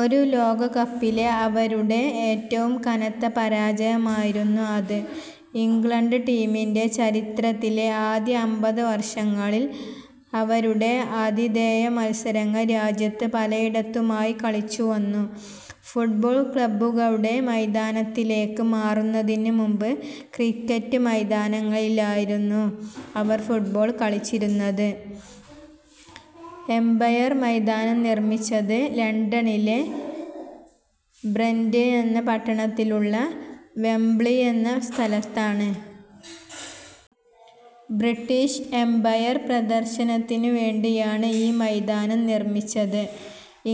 ഒരു ലോകകപ്പിലെ അവരുടെ ഏറ്റവും കനത്ത പരാജയമായിരുന്നു അത്. ഇംഗ്ലണ്ട് ടീമിന്റെ ചരിത്രത്തിലെ ആദ്യ അമ്പത് വർഷങ്ങളിൽ അവരുടെ ആതിഥേയ മത്സരങ്ങൾ രാജ്യത്ത് പലയിടത്തുമായി കളിച്ചു വന്നു. ഫുട്ബോൾ ക്ലബ്ബുകളുടെ മൈതാനത്തിലേക്ക് മാറുന്നതിനു മുമ്പ് ക്രിക്കറ്റ് മൈതാനങ്ങളിലായിരുന്നു അവർ ഫുട്ബോൾ കളിച്ചിരുന്നത്. എമ്പയർ മൈതാനം നിർമ്മിച്ചത് ലണ്ടനിലെ ബ്രെന്റ് എന്ന പട്ടണത്തിലുള്ള വെംബ്ലി എന്ന സ്ഥലത്താണ്. ബ്രിട്ടീഷ് എമ്പയർ പ്രദർശനത്തിനു വേണ്ടിയാണ് ഈ മൈതാനം നിർമ്മിച്ചത്.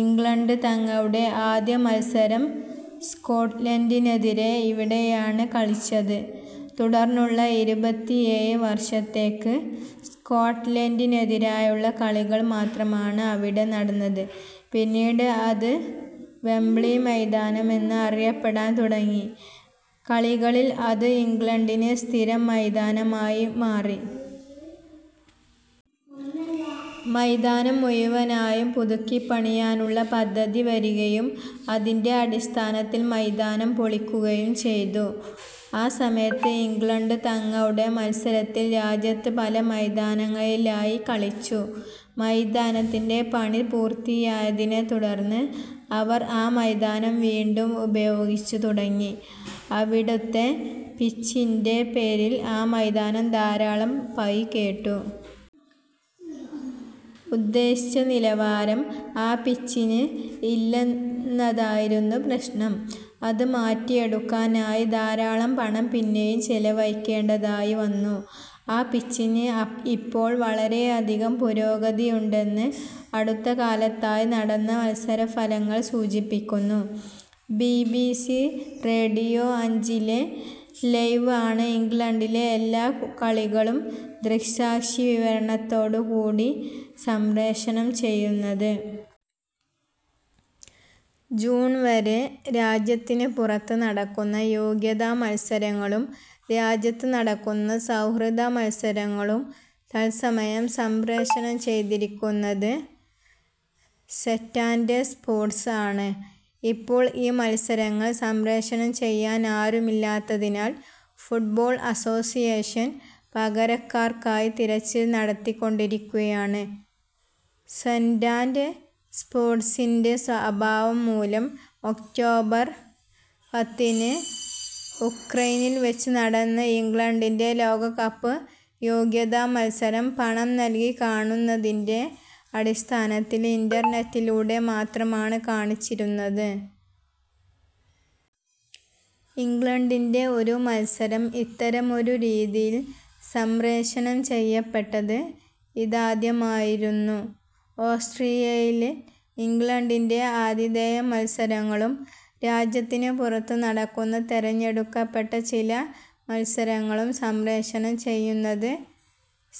ഇംഗ്ലണ്ട് തങ്ങളുടെ ആദ്യ മത്സരം സ്കോട്ട്ലൻഡിനെതിരെ ഇവിടെയാണ് കളിച്ചത്. തുടർന്നുള്ള ഇരുപത്തിയേഴ് വർഷത്തേക്ക് സ്കോട്ട്ലൻഡിനെതിരായുള്ള കളികൾ മാത്രമാണ് അവിടെ നടന്നത്. പിന്നീട് അത് വെംബ്ലി മൈതാനം എന്ന് അറിയപ്പെടാൻ തുടങ്ങി. കളികളിൽ അത് ഇംഗ്ലണ്ടിന്റെ സ്ഥിരം മൈതാനമായി മാറി. മൈതാനം മുഴുവനായും പുതുക്കിപ്പണിയാനുള്ള പദ്ധതി വരികയും അതിന്റെ അടിസ്ഥാനത്തിൽ മൈതാനം പൊളിക്കുകയും ചെയ്തു. ആ സമയത്ത് ഇംഗ്ലണ്ട് തങ്ങളുടെ മത്സരങ്ങൾ രാജ്യത്ത് പല മൈതാനങ്ങളിലായി കളിച്ചു. മൈതാനത്തിന്റെ പണി പൂർത്തിയായതിനെത്തുടർന്ന് അവർ ആ മൈതാനം വീണ്ടും ഉപയോഗിച്ചു തുടങ്ങി. അവിടുത്തെ പിച്ചിന്റെ പേരിൽ ആ മൈതാനം ധാരാളം പഴികേട്ടു. ഉദ്ദേശിച്ച നിലവാരം ആ പിച്ചിന് ഇല്ലെന്നതായിരുന്നു പ്രശ്നം. അത് മാറ്റിയെടുക്കാനായി ധാരാളം പണം പിന്നേയും ചിലവഴിക്കേണ്ടതായി വന്നു. ആ പിച്ചിന് ഇപ്പോൾ വളരെയധികം പുരോഗതിയുണ്ടെന്ന് അടുത്തകാലത്തായി നടന്ന മത്സരഫലങ്ങൾ സൂചിപ്പിക്കുന്നു. ബി. ബി. സി. റേഡിയോ അഞ്ചിലെ ലൈവ് ആണ് ഇംഗ്ലണ്ടിന്റെ എല്ലാ കളികളും ദൃക്സാക്ഷിവിവരണത്തോടുകൂടി സംപ്രേഷണം ചെയ്യുന്നത്. ജൂൺ വരെ രാജ്യത്തിനു പുറത്ത് നടക്കുന്ന യോഗ്യതാമത്സരങ്ങളും രാജ്യത്ത് നടക്കുന്ന സൗഹൃദമത്സരങ്ങളും തത്സമയം സംപ്രേഷണം ചെയ്തിരുന്നത് സെറ്റാന്റ സ്പോർട്ട്സ് ആണ്. ഇപ്പോൾ ഈ മത്സരങ്ങൾ സംപ്രേഷണം ചെയ്യാൻ ആരുമില്ലാത്തതിനാൽ ഫുട്ബോൾ അസോസിയേഷൻ പകരക്കാർക്കായി തിരച്ചിൽ നടത്തിക്കൊണ്ടിരിക്കുകയാണ്. സെറ്റാന്റ സ്പോർട്ട്സിന്റെ അഭാവം മൂലം ഒക്ടോബർ പത്തിന് ഉക്രൈനിൽ വെച്ച് നടന്ന ഇംഗ്ലണ്ടിന്റെ ലോകകപ്പ് യോഗ്യതാമത്സരം പണം നൽകി കാണുന്നതിന്റെ അടിസ്ഥാനത്തിൽ ഇന്റർനെറ്റിലൂടെ മാത്രമാണ് കാണിച്ചിരുന്നത്. ഇംഗ്ലണ്ടിന്റെ ഒരു മത്സരം ഇത്തരമൊരു രീതിയിൽ സംപ്രേഷണം ചെയ്യപ്പെട്ടത് ഇതാദ്യമായിരുന്നു. ഓസ്ട്രേലിയയിൽ, ഇംഗ്ലണ്ടിന്റെ ആതിഥേയ മത്സരങ്ങളും രാജ്യത്തിനു പുറത്ത് നടക്കുന്ന തിരഞ്ഞെടുക്കപ്പെട്ട ചില മത്സരങ്ങളും സംപ്രേഷണം ചെയ്യുന്നത്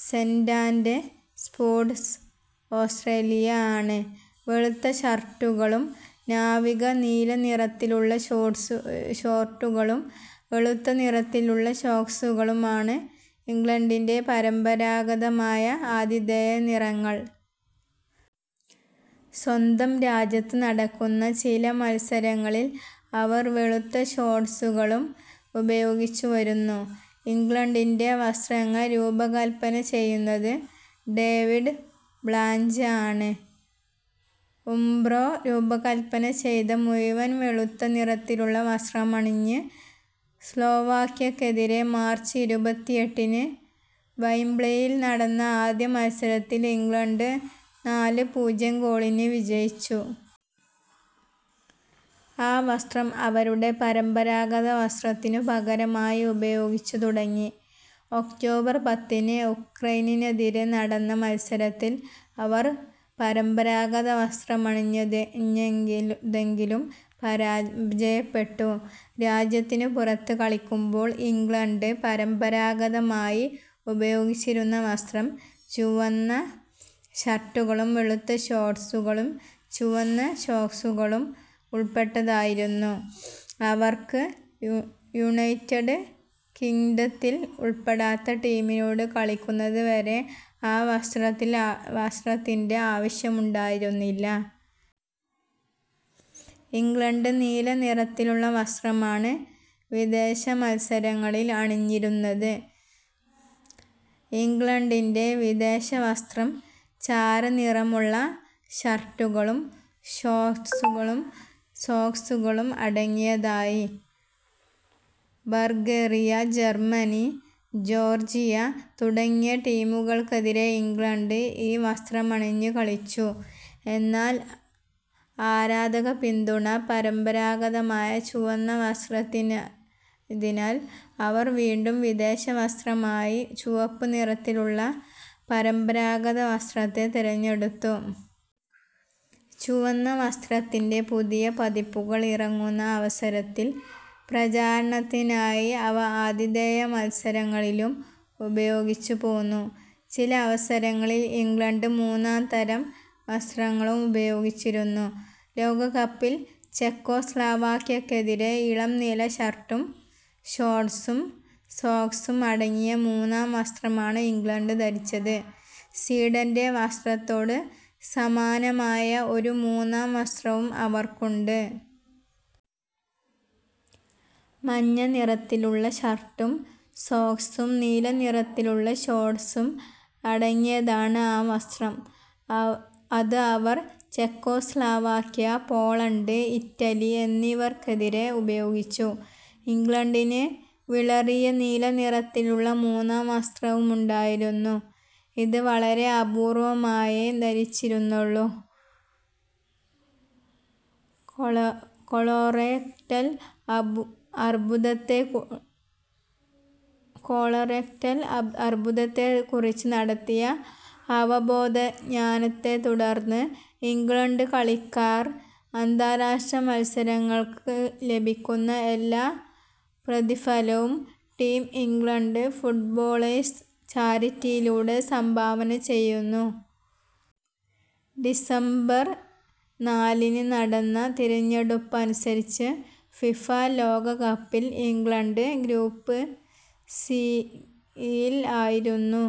സെറ്റാന്റ സ്പോർട്ട്സ് ഓസ്ട്രേലിയ ആണ്. വെളുത്ത ഷർട്ടുകളും നാവിക നീല നിറത്തിലുള്ള ഷോർട്ടുകളും വെളുത്ത നിറത്തിലുള്ള സോക്സുകളുമാണ് ഇംഗ്ലണ്ടിന്റെ പരമ്പരാഗതമായ ആതിഥേയ നിറങ്ങൾ. സ്വന്തം രാജ്യത്ത് നടക്കുന്ന ചില മത്സരങ്ങളിൽ അവർ വെളുത്ത ഷോർട്ട്സുകളും ഉപയോഗിച്ചുവരുന്നു. ഇംഗ്ലണ്ടിന്റെ വസ്ത്രങ്ങൾ രൂപകല്പന ചെയ്യുന്നത് ഡേവിഡ് ബ്ലാഞ്ച് ആണ്. ഉംബ്രോ രൂപകല്പന ചെയ്ത മുഴുവൻ വെളുത്തനിറത്തിലുള്ള വസ്ത്രമണിഞ്ഞ് സ്ലോവാക്യക്കെതിരെ മാർച്ച് ഇരുപത്തിഎട്ടിന് വെംബ്ലിയിൽ നടന്ന ആദ്യ മത്സരത്തിൽ ഇംഗ്ലണ്ട് നാല് -പൂജ്യം ഗോളിന് വിജയിച്ചു. ആ വസ്ത്രം അവരുടെ പരമ്പരാഗത വസ്ത്രത്തിനു പകരമായി ഉപയോഗിച്ചു തുടങ്ങി. ഒക്ടോബർ പത്തിന് ഉക്രൈനിനെതിരെ നടന്ന മത്സരത്തിൽ അവർ പരമ്പരാഗത വസ്ത്രമാണണിഞ്ഞതെങ്കിലും പരാജയപ്പെട്ടു. രാജ്യത്തിനു പുറത്ത് കളിക്കുമ്പോൾ ഇംഗ്ലണ്ട് പരമ്പരാഗതമായി ഉപയോഗിച്ചിരുന്ന വസ്ത്രം ചുവന്ന ഷർട്ടുകളും വെളുത്ത ഷോർട്ട്സുകളും ചുവന്ന സോക്സുകളും ഉൾപ്പെട്ടതായിരുന്നു. അവർക്ക് യുണൈറ്റഡ് കിംഗ്ഡത്തിൽ ഉൾപ്പെടാത്ത ടീമിനോട് കളിക്കുന്നത് വരെ ആ വസ്ത്രത്തിന്റെ ആവശ്യമുണ്ടായിരുന്നില്ല. ഇംഗ്ലണ്ട് നീല നിറത്തിലുള്ള വസ്ത്രമാണ് വിദേശമത്സരങ്ങളിൽ അണിഞ്ഞിരുന്നത്. ഇംഗ്ലണ്ടിന്റെ വിദേശവസ്ത്രം ചാരനിറമുള്ള ഷർട്ടുകളും ഷോർട്ട്സുകളും സോക്സുകളും അടങ്ങിയതായി. ബൾഗേറിയ, ജർമ്മനി, ജോർജിയ തുടങ്ങിയ ടീമുകൾക്കെതിരെ ഇംഗ്ലണ്ട് ഈ വസ്ത്രമണിഞ്ഞ് കളിച്ചു. എന്നാൽ ആരാധകപിന്തുണ പരമ്പരാഗതമായ ചുവന്ന വസ്ത്രത്തിനായതിനാൽ അവർ വീണ്ടും വിദേശ വസ്ത്രമായി ചുവപ്പ് നിറത്തിലുള്ള പരമ്പരാഗത വസ്ത്രത്തെ തിരഞ്ഞെടുത്തു. ചുവന്ന വസ്ത്രത്തിന്റെ പുതിയ പതിപ്പുകൾ ഇറങ്ങുന്ന അവസരത്തിൽ പ്രചാരണത്തിനായി അവ ആതിഥേയ മത്സരങ്ങളിലും ഉപയോഗിച്ചുപോന്നു. ചില അവസരങ്ങളിൽ ഇംഗ്ലണ്ട് മൂന്നാം തരം വസ്ത്രങ്ങളും ഉപയോഗിച്ചിരുന്നു. ലോകകപ്പിൽ ചെകോസ്ലോവാക്യക്കെതിരെ ഇളം നീല ഷർട്ടും ഷോർട്ട്സും സോക്സും അടങ്ങിയ മൂന്നാം വസ്ത്രമാണ് ഇംഗ്ലണ്ട് ധരിച്ചത്. സ്വീഡന്റെ വസ്ത്രത്തോട് സമാനമായ ഒരു മൂന്നാം വസ്ത്രവും അവർക്കുണ്ട്. മഞ്ഞ നിറത്തിലുള്ള ഷർട്ടും സോക്സും നീല നിറത്തിലുള്ള ഷോർട്ട്സും അടങ്ങിയാതാണ് ആ വസ്ത്രം. അത് അവർ ചെകോസ്ലോവാക്യ, പോളണ്ട്, ഇറ്റലി എന്നിവർക്കെതിരെ ഉപയോഗിച്ചു. ഇംഗ്ലണ്ടിന് വിളറിയ നീല നിറത്തിലുള്ള മൂന്നാം വസ്ത്രവുമുണ്ടായിരുന്നു. അത് വളരെ അപൂർവ്വമായേ ധരിച്ചിരുന്നുള്ളൂ. കൊളോറെക്ടൽ അർബുദത്തെക്കുറിച്ച് നടത്തിയ അവബോധയജ്ഞത്തെത്തുടർന്ന് ഇംഗ്ലണ്ട് കളിക്കാർ അന്താരാഷ്ട്ര മത്സരങ്ങൾക്ക് ലഭിക്കുന്ന എല്ലാ പ്രതിഫലവും ടീം ഇംഗ്ലണ്ട് ഫുട്ബോളേഴ്സ് ചാരിറ്റിയിലൂടെ സംഭാവന ചെയ്യുന്നു. ഡിസംബർ നാലിന് നടന്ന തിരഞ്ഞെടുപ്പനുസരിച്ച് ഫിഫ ലോകകപ്പിൽ ഇംഗ്ലണ്ട് ഗ്രൂപ്പ് സിയിൽ ആയിരുന്നു.